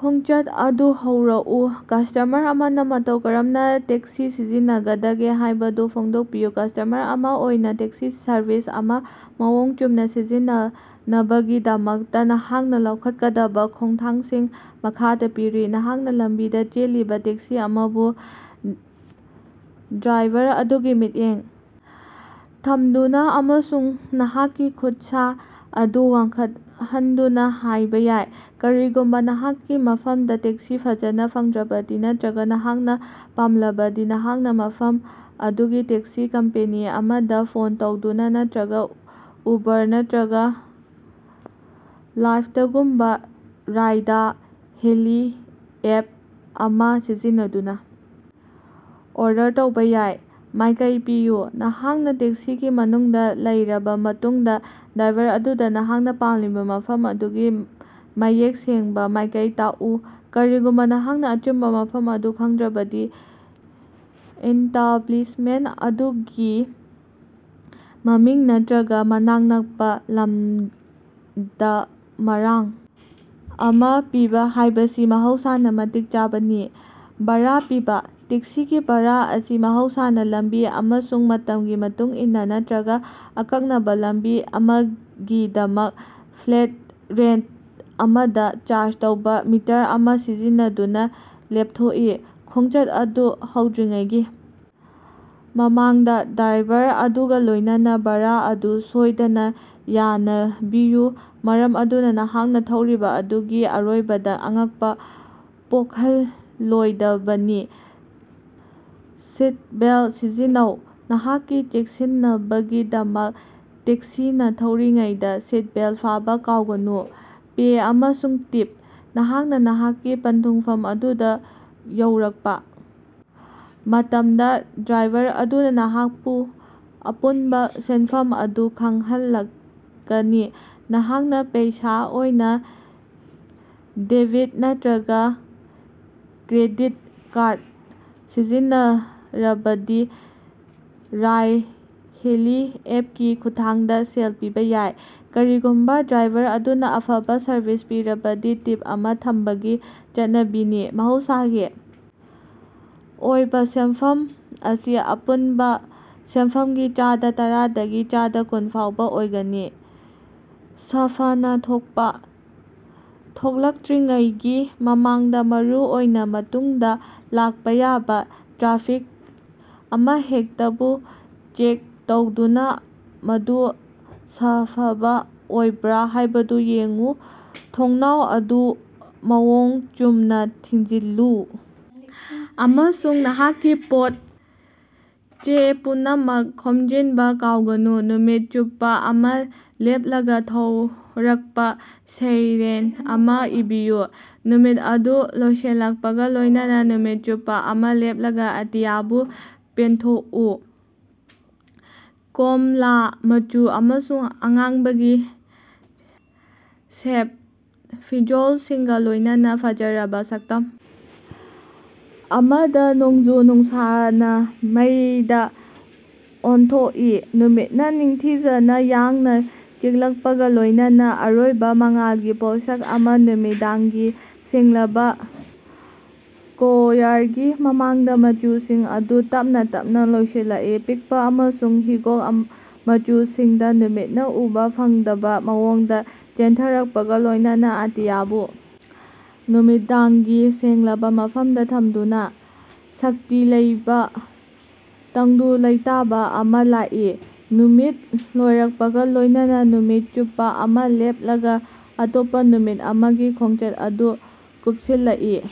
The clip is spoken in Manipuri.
ꯈꯣꯡꯆꯠ ꯑꯗꯨ ꯍꯧꯔꯛꯎ ꯀꯁꯇꯃꯔ ꯑꯃꯅ ꯃꯇꯧ ꯀꯔꯝꯅꯥ ꯇꯦꯛꯁꯤ ꯁꯤꯖꯤꯟꯅꯒꯗꯒꯦ ꯍꯥꯢꯕꯗꯨ ꯐꯣꯡꯗꯣꯛꯄꯤꯌꯨ꯫ ꯀꯁꯇꯃꯔ ꯑꯃ ꯑꯣꯏꯅ ꯇꯦꯛꯁꯤ ꯁꯔꯚꯤꯁ ꯑꯃ ꯃꯑꯣꯡ ꯆꯨꯝꯅ ꯁꯤꯖꯤꯟꯅꯅꯕꯒꯤꯗꯃꯛꯇ ꯅꯍꯥꯛꯅ ꯂꯧꯈꯠꯀꯗꯕ ꯈꯣꯡꯊꯥꯡꯁꯤꯡ ꯃꯈꯥꯗꯥ ꯄꯤꯔꯤ: ꯅꯍꯥꯛꯅ ꯂꯝꯕꯤꯗ ꯆꯦꯜꯂꯤꯕ ꯇꯦꯛꯁꯤ ꯑꯃꯕꯨ ꯗ꯭ꯔꯥꯏꯚꯔ ꯑꯗꯨꯒ ꯃꯤꯠꯌꯦꯡ ꯊꯝꯗꯨꯅ ꯑꯃꯁꯨꯡ ꯅꯍꯥꯛꯀꯤ ꯈꯨꯠꯁꯥ ꯑꯗꯨ ꯋꯥꯡꯈꯠꯍꯟꯗꯨꯅ ꯍꯥꯢꯕ ꯌꯥꯏ꯫ ꯀꯔꯤꯒꯨꯝꯕꯥ ꯅꯍꯥꯛꯀꯤ ꯃꯐꯝꯗꯥ ꯇꯦꯛꯁꯤ ꯐꯖꯅꯥ ꯐꯪꯗ꯭ꯔꯕꯗꯤ ꯅꯠꯇ꯭ꯔꯒ ꯅꯍꯥꯛꯅ ꯄꯥꯝꯂꯕꯗꯤ ꯅꯍꯥꯛꯅ ꯃꯐꯝ ꯑꯗꯨꯒꯤ ꯇꯦꯛꯁꯤ ꯀꯝꯄꯦꯅꯤ ꯑꯃꯗ ꯐꯣꯟ ꯇꯧꯗꯨꯅ ꯅꯠꯇ꯭ꯔꯒ ꯎꯕꯔ ꯅꯠꯇ꯭ꯔꯒ ꯂꯥꯏꯐꯇꯒꯨꯝꯕ ꯔꯥꯏꯗ-ꯍꯦꯂꯤꯡ ꯑꯦꯞ ꯑꯃ ꯁꯤꯖꯤꯟꯅꯗꯨꯅ ꯑꯣꯔꯗꯔ ꯇꯧꯕꯥ ꯌꯥꯏ꯫ ꯃꯥꯢꯀꯩ ꯄꯤꯌꯨ: ꯅꯍꯥꯛꯅ ꯇꯦꯛꯁꯤꯒꯤ ꯃꯅꯨꯡꯗ ꯂꯩꯔꯕ ꯃꯇꯨꯡꯗ ꯗ꯭ꯔꯥꯏꯚꯔ ꯑꯗꯨꯗ ꯅꯍꯥꯛꯅ ꯄꯥꯝꯂꯤꯕ ꯃꯐꯝ ꯑꯗꯨꯒꯤ ꯃꯌꯦꯛ ꯁꯦꯡꯕ ꯃꯥꯢꯀꯩ ꯇꯥꯛꯎ꯫ ꯀꯔꯤꯒꯨꯝꯕ ꯅꯍꯥꯛꯅ ꯑꯆꯨꯝꯕ ꯃꯐꯝ ꯑꯗꯨ ꯈꯪꯗ꯭ꯔꯕꯗꯤ ꯏꯁꯇꯥꯕ꯭ꯂꯤꯁꯃꯦꯟꯇ ꯑꯗꯨꯒꯤ ꯃꯃꯤꯡ ꯅꯠꯇ꯭ꯔꯒ ꯃꯅꯥꯛ ꯅꯛꯄꯥ ꯂꯦꯟꯗꯃꯥꯔꯛ ꯑꯃ ꯄꯤꯕ ꯍꯥꯢꯕꯁꯤ ꯃꯍꯧꯁꯥꯅ ꯃꯇꯤꯛ ꯆꯥꯕꯅꯤ꯫ ꯚꯥꯔꯥ ꯄꯤꯕ: ꯇꯦꯛꯁꯤꯒꯤ ꯚꯥꯔꯥ ꯑꯁꯤ ꯃꯍꯧꯁꯥꯅ ꯂꯝꯕꯤ ꯑꯃꯁꯨꯡ ꯃꯇꯝꯒꯤ ꯃꯇꯨꯡ ꯏꯟꯅ ꯅꯠꯇ꯭ꯔꯒ ꯑꯀꯛꯅꯕ ꯂꯝꯕꯤ ꯑꯃꯒꯤꯗꯃꯛ ꯐ꯭ꯂꯦꯠ ꯔꯦꯠ ꯑꯃꯗ ꯆꯥꯔꯖ ꯇꯧꯕ ꯃꯤꯇꯔ ꯑꯃ ꯁꯤꯖꯤꯟꯅꯗꯨꯅ ꯂꯦꯞꯊꯣꯛꯏ꯫ ꯈꯣꯡꯆꯠ ꯑꯗꯨ ꯍꯧꯗ꯭ꯔꯤꯉꯩꯒꯤ ꯃꯃꯥꯡꯗ ꯗ꯭ꯔꯥꯏꯚꯔ ꯑꯗꯨꯒ ꯂꯣꯢꯅꯅꯥ ꯚꯥꯔꯥ ꯑꯗꯨ ꯁꯣꯢꯗꯅ ꯌꯥꯅꯕꯤꯎ ꯃꯔꯝ ꯑꯗꯨꯅ ꯅꯍꯥꯛꯅ ꯊꯧꯔꯤꯕ ꯑꯗꯨꯒꯤ ꯑꯔꯣꯏꯕꯗ ꯑꯉꯛꯄ ꯄꯣꯛꯍꯜꯂꯣꯏꯗꯕꯅꯤ꯫ ꯁꯤꯇꯕꯦꯜꯇ ꯁꯤꯖꯤꯟꯅꯧ: ꯅꯍꯥꯛꯀꯤ ꯆꯦꯛꯁꯤꯟꯅꯕꯒꯤꯗꯃꯛ ꯇꯦꯛꯁꯤꯅ ꯊꯧꯔꯤꯉꯩꯗꯥ ꯁꯤꯠꯕꯦꯜ ꯐꯥꯕ ꯀꯥꯎꯒꯅꯨ꯫ ꯄꯦ ꯑꯃꯁꯨꯡ ꯇꯤꯞ: ꯅꯍꯥꯛꯅ ꯅꯍꯥꯛꯀꯤ ꯄꯟꯊꯨꯡꯐꯝ ꯑꯗꯨꯗ ꯌꯧꯔꯛꯄ ꯃꯇꯝꯗ ꯗ꯭ꯔꯥꯏꯚꯔ ꯑꯗꯨꯅ ꯅꯍꯥꯛꯄꯨ ꯑꯄꯨꯟꯕ ꯁꯦꯟꯐꯝ ꯑꯗꯨ ꯈꯪꯍꯜꯂꯛꯀꯅꯤ꯫ ꯅꯍꯥꯛꯅ ꯄꯩꯁꯥ ꯑꯣꯏꯅ, ꯗꯦꯕꯤꯠ ꯅꯠꯇ꯭ꯔꯒ ꯀ꯭ꯔꯦꯗꯤꯠ ꯀꯥꯔꯗ ꯁꯤꯖꯤꯟꯅꯔꯕꯗꯤ ꯔꯥꯏꯗ-ꯍꯦꯂꯤꯡ ꯑꯦꯞꯀꯤ ꯈꯨꯠꯊꯥꯡꯗ ꯁꯦꯜ ꯄꯤꯕ ꯌꯥꯏ꯫ ꯀꯔꯤꯒꯨꯝꯕ ꯗ꯭ꯔꯥꯏꯚꯔ ꯑꯗꯨꯅ ꯑꯐꯕ ꯁꯔꯚꯤꯁ ꯄꯤꯔꯕꯗꯤ ꯇꯤꯞ ꯑꯃ ꯊꯝꯕꯒꯤ ꯆꯠꯅꯕꯤꯅꯤ꯫ ꯃꯍꯧꯁꯥꯒꯤ ꯑꯣꯏꯕ ꯁꯦꯟꯐꯝ ꯑꯁꯤ ꯑꯄꯨꯟꯕ ꯁꯦꯟꯐꯝꯒꯤ ꯆꯥꯗ ꯇꯔꯥꯗꯒꯤ ꯆꯥꯗ ꯀꯨꯟ ꯐꯥꯎꯕ ꯑꯣꯏꯒꯅꯤ꯫ ꯁꯥꯐꯅꯥ ꯊꯣꯛꯄ: ꯊꯣꯛꯂꯛꯇ꯭ꯔꯤꯉꯩꯒꯤ ꯃꯃꯥꯡꯗ ꯃꯔꯨꯑꯣꯏꯅ ꯃꯇꯨꯡꯗ ꯂꯥꯛꯄ ꯌꯥꯕ ꯇ꯭ꯔꯥꯐꯤꯛ ꯑꯃꯍꯦꯛꯇꯕꯨ ꯆꯦꯛ ꯇꯧꯗꯨꯅ ꯃꯗꯨ ꯁꯥꯐꯕ ꯑꯣꯏꯕ꯭ꯔꯥ ꯍꯥꯢꯕꯗꯨ ꯌꯦꯡꯎ꯫ ꯊꯣꯡꯅꯥꯎ ꯑꯗꯨ ꯃꯑꯣꯡ ꯆꯨꯝꯅ ꯊꯤꯡꯖꯤꯜꯂꯨ ꯑꯃꯁꯨꯡ ꯅꯍꯥꯛꯀꯤ ꯄꯣꯠ-ꯆꯩ ꯄꯨꯝꯅꯃꯛ ꯈꯣꯝꯖꯤꯟꯕ ꯀꯥꯎꯒꯅꯨ꯫ ꯅꯨꯃꯤꯠ ꯆꯨꯞꯄ ꯑꯃ ꯂꯦꯞꯂꯒ ꯊꯣꯔꯛꯄ ꯁꯩꯔꯦꯡ ꯑꯃ ꯏꯕꯤꯌꯨ꯫ ꯅꯨꯃꯤꯠ ꯑꯗꯨ ꯂꯣꯏꯁꯤꯜꯂꯛꯄꯒ ꯂꯣꯢꯅꯅꯥ ꯅꯨꯃꯤꯠ ꯆꯨꯞꯄ ꯑꯃ ꯂꯦꯞꯂꯒ ꯑꯇꯤꯌꯥꯕꯨ ꯄꯦꯟꯊꯣꯛꯏ ꯀꯣꯝꯂꯥ ꯃꯆꯨ ꯑꯃꯁꯨꯡ ꯑꯉꯥꯡꯕꯒꯤ ꯁꯦꯠꯄ ꯐꯤꯖꯣꯜꯁꯤꯡꯒ ꯂꯣꯢꯅꯅꯥ ꯐꯖꯔꯕ ꯁꯛꯇꯝ ꯑꯃꯗ꯫ ꯅꯣꯡꯖꯨ-ꯅꯨꯡꯁꯥꯅ ꯃꯩꯗꯥ ꯑꯣꯟꯊꯣꯛꯏ ꯅꯨꯃꯤꯠꯅ ꯅꯤꯡꯊꯤꯖꯅ ꯌꯥꯡꯅ ꯆꯦꯜꯂꯛꯄꯒ ꯂꯣꯢꯅꯅꯥ ꯑꯔꯣꯏꯕ ꯃꯉꯥꯜꯒꯤ ꯄꯣꯠꯁꯛ ꯑꯃ ꯅꯨꯃꯤꯗꯥꯡꯒꯤ ꯁꯦꯡꯂꯕ ꯀꯣꯌꯔꯒꯤ ꯃꯃꯥꯡꯗ꯫ ꯃꯆꯨꯁꯤꯡ ꯑꯗꯨ ꯇꯞꯅ ꯇꯞꯅ ꯂꯣꯏꯁꯤꯜꯂꯛꯏ ꯄꯤꯛꯄ ꯑꯃꯁꯨꯡ ꯍꯤꯒꯣꯛ ꯃꯆꯨꯁꯤꯡꯗ ꯅꯨꯃꯤꯠꯅ ꯎꯕ ꯐꯪꯗꯕ ꯃꯑꯣꯡꯗ ꯆꯦꯟꯊꯔꯛꯄꯒ ꯂꯣꯢꯅꯅꯥ ꯑꯇꯤꯌꯥꯕꯨ ꯅꯨꯃꯤꯗꯥꯡꯒꯤ ꯁꯦꯡꯂꯕ ꯃꯐꯝꯗ ꯊꯝꯗꯨꯅ꯫ ꯁꯥꯟꯇꯤ ꯂꯩꯕꯥ ꯇꯪꯗꯨ ꯂꯩꯇꯥꯕꯥ ꯑꯃ ꯂꯥꯛꯏ ꯅꯨꯃꯤꯠ ꯂꯣꯏꯔꯛꯄꯒ ꯂꯣꯢꯅꯅꯥ ꯅꯨꯃꯤꯠ ꯆꯨꯞꯄ ꯑꯃ ꯂꯦꯞꯂꯒ ꯑꯇꯣꯞꯄ ꯅꯨꯃꯤꯠ ꯑꯃꯒꯤ ꯈꯣꯡꯆꯠ ꯑꯗꯨ ꯀꯨꯞꯁꯤꯜꯂꯛꯏ꯫